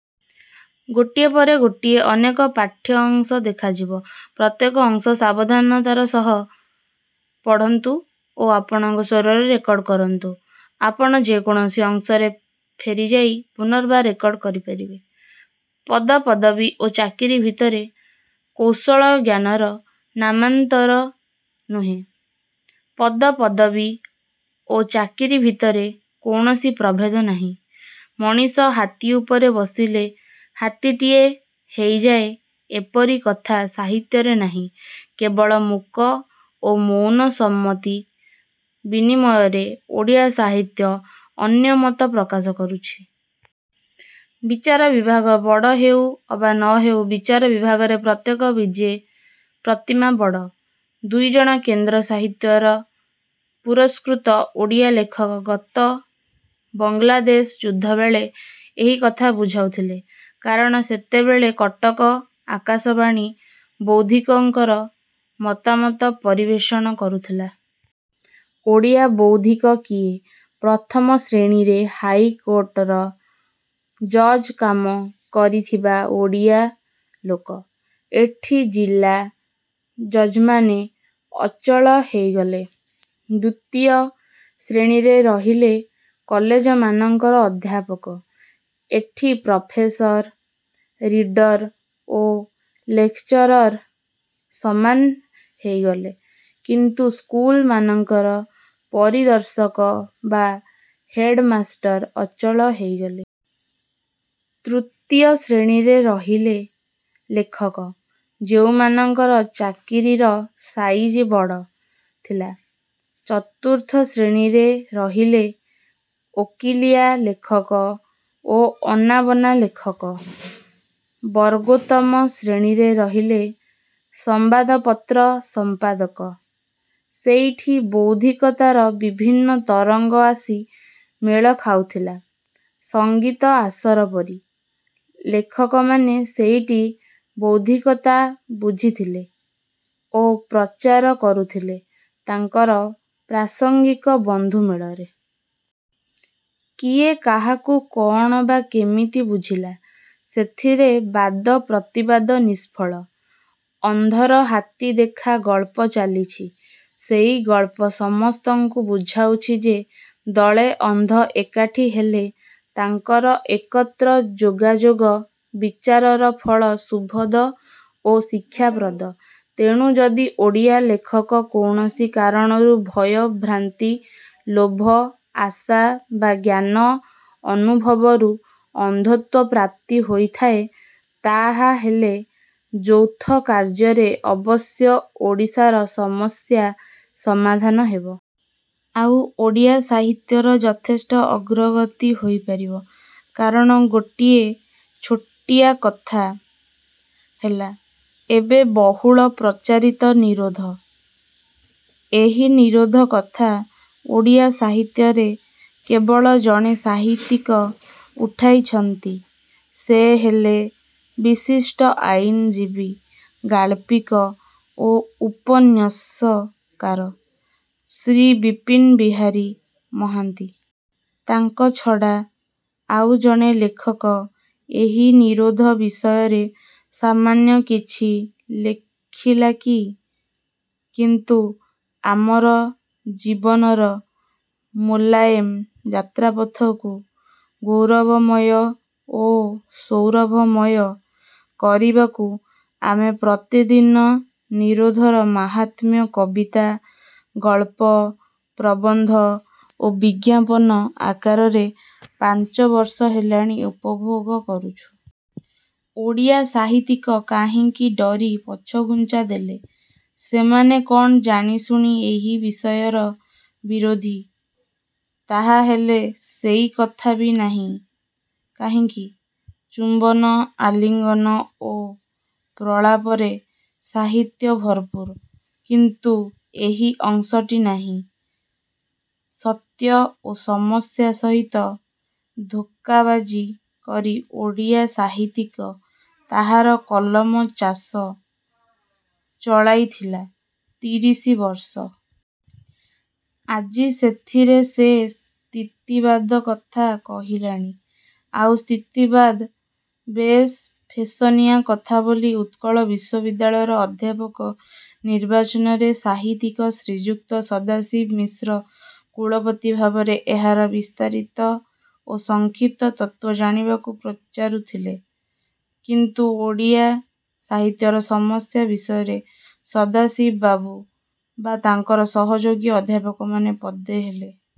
ପଦ ପଦବୀ ଓ ଚାକିରି ଭିତରେ କୌଶଳ ଜ୍ଞାନର ନାମାନ୍ତର ନୁହେଁ। ପଦ ପଦବୀ ଓ ଚାକିରି ଭିତରେ କୌଣସି ପ୍ରଭେଦ ନାହିଁ। ମଣିଷ ହାତୀ ଉପରେ ବସିଲେ ହାତୀଟିଏ ହେଇଯାଏ ଏପରି କଥା ସାହିତ୍ୟରେ ନାହିଁ। କେବଳ ମୂକ ଓ ମୌନ ସମ୍ମତି ବିନିମୟରେ ଓଡ଼ିଆ ସାହିତ୍ୟ ଅନ୍ୟ ମତ ପ୍ରକାଶ କରୁଛି। ବିଚାର ବିଭାଗ ବଡ଼ ହେଉ ଅବା ନ ହେଉ ବିଚାର ବିଭାଗରେ ପ୍ରତ୍ୟେକ ବିଜେ ପ୍ରତିମା ବଡ଼। ଦୁଇଜଣ କେନ୍ଦ୍ର ସାହିତ୍ୟର ପୁରସ୍କୃତ ଓଡ଼ିଆ ଲେଖକ ଗତ ବାଙ୍ଗଲାଦେଶ ଯୁଦ୍ଧବେଳେ ଏହି କଥା ବୁଝାଉଥିଲେ। କାରଣ ସେତେବେଳେ କଟକ ଆକାଶବାଣୀ ବୌଦ୍ଧିକଙ୍କର ମତାମତ ପରିବେଷଣ କରୁଥିଲା। ଓଡ଼ିଆ ବୌଦ୍ଧିକ କିଏ? ପ୍ରଥମ ଶ୍ରେଣୀରେ ହାଇକୋଟର ଜଜ୍ କାମ କରିଥିବା ଓଡ଼ିଆ ଲୋକ। ଏଠି ଜିଲା ଜଜ୍ମାନେ ଅଚଳ ହେଇଗଲେ। ଦ୍ୱିତୀୟ ଶ୍ରେଣୀରେ ରହିଲେ କଲେଜମାନଙ୍କର ଅଧ୍ୟାପକ। ଏଠି ପ୍ରଫେସର, ରିଡ଼ର ଓ ଲେକଚରର ସମାନ ହେଇଗଲେ। କିନ୍ତୁ ସ୍କୁଲମାନଙ୍କର ପରିଦର୍ଶକ ବା ହେଡ଼ମାଷ୍ଟର ଅଚଳ ହେଇଗଲେ। ତୃତୀୟ ଶ୍ରେଣୀରେ ରହିଲେ ଲେଖକ–ଯେଉଁମାନଙ୍କର ଚାକିରିର ସାଇଜ ବଡ଼ ଥିଲା। ଚତୁର୍ଥ ଶ୍ରେଣୀରେ ରହିଲେ ଓକିଲିଆ ଲେଖକ ଓ ଅନାବନା ଲେଖକ। ବର୍ଗୋତ୍ତମ ଶ୍ରେଣୀରେ ରହିଲେ ସଂବାଦପତ୍ର ସଂପାଦକ। ସେଇଠି ବୌଦ୍ଧିକତାର ବିଭିନ୍ନ ତରଙ୍ଗ ଆସି ମେଳ ଖାଉଥିଲା–ସଙ୍ଗୀତ ଆସର ପରି। ଲେଖକମାନେ ସେଇଠି ବୌଦ୍ଧିକତା ବୁଝିଥିଲେ ଓ ପ୍ରଚାର କରୁଥିଲେ ତାଙ୍କର ପ୍ରାସଙ୍ଗିକ ବନ୍ଧୁମେଳରେ। କିଏ କାହାକୁ କ'ଣ ବା କେମିତି ବୁଝିଲା–ସେଥିରେ ବାଦ ପ୍ରତିବାଦ ନିଷ୍ଫଳ। ଅନ୍ଧର ହାତୀ ଦେଖା ଗଳ୍ପ ଚାଲିଛି। ସେଇ ଗଳ୍ପ ସମସ୍ତଙ୍କୁ ବୁଝାଉଛି ଯେ ଦଳେ ଅନ୍ଧ ଏକାଠି ହେଲେ ତାଙ୍କର ଏକତ୍ର ଯୋଗାଯୋଗ ବିଚାରର ଫଳ ଶୁଭଦ ଓ ଶିକ୍ଷାପ୍ରଦ। ତେଣୁ ଯଦି ଓଡ଼ିଆ ଲେଖକ କୌଣସି କାରଣରୁ–ଭୟ, ଭ୍ରାନ୍ତି, ଲୋଭ, ଆଶା ବା ଜ୍ଞାନ ଅନୁଭବରୁ ଅନ୍ଧତ୍ୱ ପ୍ରାପ୍ତି ହୋଇଥାଏ ତାହାହେଲେ ଯୌଥ କାର୍ଯ୍ୟରେ ଅବଶ୍ୟ ଓଡ଼ିଶାର ସମସ୍ୟା ସମାଧାନ ହେବ। ଆଉ ଓଡ଼ିଆ ସାହିତ୍ୟର ଯଥେଷ୍ଟ ଅଗ୍ରଗତି ହେଇପାରିବ। କାରଣ ଗୋଟିଏ ଛୋଟିଆ କଥା ହେଲା–ଏବେ ବହୁଳ ପ୍ରଚାରିତ ନିରୋଧ। ଏହି ନିରୋଧ କଥା ଓଡ଼ିଆ ସାହିତ୍ୟରେ କେବଳ ଜଣେ ସାହିତ୍ୟିକ ଉଠାଇଛନ୍ତି–ସେ ହେଲେ ବିଶିଷ୍ଟ ଆଇନଜୀବୀ ଗାଳ୍ପିକ ଓ ଉପନ୍ୟାସକାର ଶ୍ରୀ ବିପିନ ବିହାରୀ ମହାନ୍ତି। ତାଙ୍କ ଛଡ଼ା ଆଉ ଜଣେ ଲେଖକ ଏହି ନିରୋଧ ବିଷୟରେ ସାମାନ୍ୟ କିଛି ଲେଖିଲା କି? କିନ୍ତୁ ଆମର ଜୀବନର ମୋଲାଏମ୍ ଯାତ୍ରାପଥକୁ ଗୌରବମୟ ଓ ସୌରଭମୟ କରିବାକୁ ଆମେ ପ୍ରତିଦିନ ନିରୋଧର ମାହାତ୍ମ୍ୟ କବିତା, ଗଳ୍ପ, ପ୍ରବନ୍ଧ ଓ ବିଜ୍ଞାପନ ଆକାରରେ ପାଞ୍ଚବର୍ଷ ହେଲାଣି ଉପଭୋଗ କରୁଛୁ। ଓଡ଼ିଆ ସାହିତ୍ୟିକ କାହିଁକି ଡରି ପଛଘୁଞ୍ଚା ଦେଲେ? ସେମାନେ କ'ଣ ଜାଣିଶୁଣି ଏହି ବିଷୟର ବିରୋଧୀ। ତାହାହେଲେ ସେଇକଥା ବି ନାହିଁ କାହିଁକି? ଚୁମ୍ବନ, ଆଲିଙ୍ଗନ ଓ ପ୍ରଳାପରେ ସାହିତ୍ୟ ଭରପୁର। କିନ୍ତୁ ଏହି ଅଂଶଟି ନାହିଁ। ସତ୍ୟ ଓ ସମସ୍ୟା ସହିତ ଧୋକାବାଜି କରି ଓଡ଼ିଆ ସାହିତ୍ୟିକ ତାହାର କଲମ ଚାଷ ଚଳାଇଥିଲା ତିରିଶିବର୍ଷ। ଆଜି ସେଥିରେ ସେ ସ୍ଥିତିବାଦ କଥା କହିଲାଣି। ଆଉ ସ୍ଥିତିବାଦ ବେଶ୍ ଫେସନିଆ କଥାବୋଲି ଉତ୍କଳ ବିଶ୍ୱବିଦ୍ୟାଳୟର ଅଧ୍ୟାପକ ନିର୍ବାଚନରେ ସାହିତ୍ୟିକ ଶ୍ରୀଯୁକ୍ତ ସଦାଶିବ ମିଶ୍ର କୁଳପତି ଭାବରେ ଏହାର ବିସ୍ତାରିତ ଓ ସଂକ୍ଷିପ୍ତ ତତ୍ତ୍ୱ ଜାଣିବାକୁ ପ୍ରଶ୍ନ ପଚାରୁଥିଲେ-। କିନ୍ତୁ ଓଡ଼ିଆ ସାହିତ୍ୟର ସମସ୍ୟା ବିଷୟରେ ସଦାଶିବବାବୁ ବା ତାଙ୍କାର ସହଯୋଗୀ ଅଧ୍ୟାପକମାନେ ପଦେ ହେଲେ